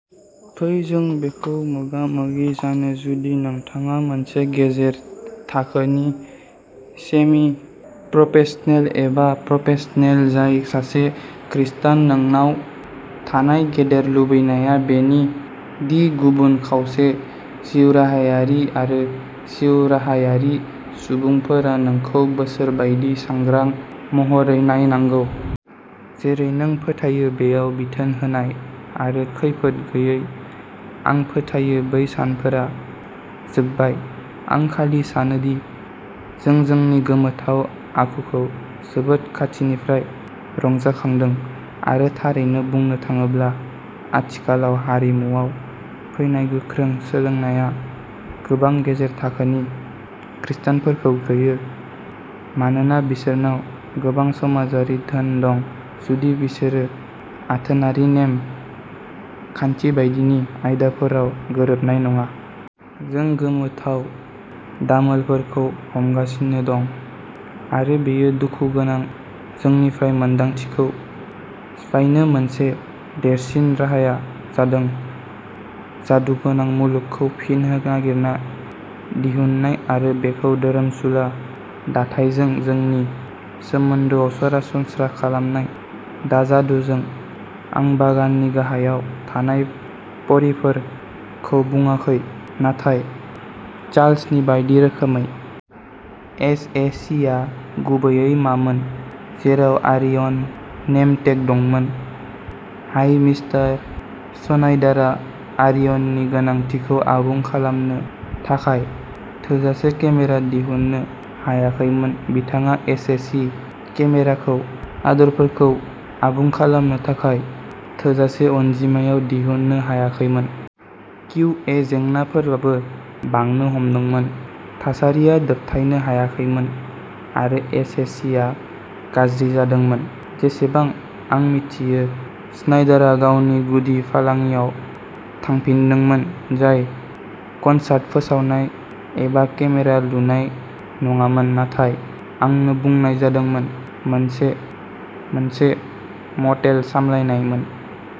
फै जों बेखौ मोगा-मोगि जानो, जुदि नोंथाङा मोनसे गेजेर थाखोनि सेमि-प्रफेसनेल एबा प्रफेसनेल जाय सासे खृस्टान, नोंनाव थानाय गेदेर लुबैनाया बेनो दि गुबुन खावसे-जिउराहायारि आरो जिउराहायारि सुबुंफोरा नोंखौ बिसोर बायदि सांग्रां महरै नायनांगौ। जेरै नों फोथायो बेयाव बिथोन होनाय आरो खैफोद गैयै। आं फोथायो बै सानफोरा जोबबाय। आं खालि सानो दि जों जोंनि गोमोथाव आखुखौ जोबोद खाथिनिफ्राय रंजाखांदों, आरो थारैनो बुंनो थाङोब्ला आथिखालाव हारिमुआव फैनाय गोख्रों सोलायनाया गोबां गेजेर थाखोनि खृस्टानफोरखौ गियो, मानोना बिसोरनाव गोबां समाजारि धोन दं, जुदि बिसोरो आथोनारि नेम खान्थि बायदिनि आयदाफोराव गोरोबनाय नङा। जों गोमोथाव दामोलफोरखौ हमगासिनो दं, आरो बेयो दुखु गोनां। जोंनिफ्राय मोनदांथिखौ सिफायनायनि मोनसे देरसिन राहाया जादों "जादुगोनां" मुलुगखौ फिन नागिरना दिहुननाय, आरो बेखौ धोरोमसुला दाथायजों जोंनि सोमोन्दोआव सरासनस्रा खालामनाय। दा जादुजों आं "बागाननि गाहायाव थानाय परीफोर" खौ बुङाखै, नाथाय चार्ल्सनि बायदि रोखोमै। एस. ए. सि. आ गुबैयै मामोन, जेराव अरियन नेमटेग दंमोन। हाय, मिस्टार स्नाइडारआ अरियननि गोनांथिखौ आबुं खालामनो थाखाय थोजासे केमेरा दिहुननो हायाखैमोन। बिथाङा एस. ए. सि. केमेराखौ अर्डारफोरखौ आबुं खालामनो थाखाय थोजासे अनजिमायाव दिहुननो हायाखैमोन। किउ. ए. जेंनाफोराबो बांनो हमदोंमोन। थासारिया दबथायनो हायाखैमोन आरो एस. ए. सि. आ गाज्रि जादोंमोन। जेसेबां आं मिथियो, स्नाइडारआ गावनि गुदि फालांगियाव थांफिनदोंमोन-जाय कनसार्ट फोसावनाय एबा केमेरा लुनाय नङामोन, नाथाय, आंनो बुंनाय जादोंमोन, मोनसे मटेल सामलायनायमोन।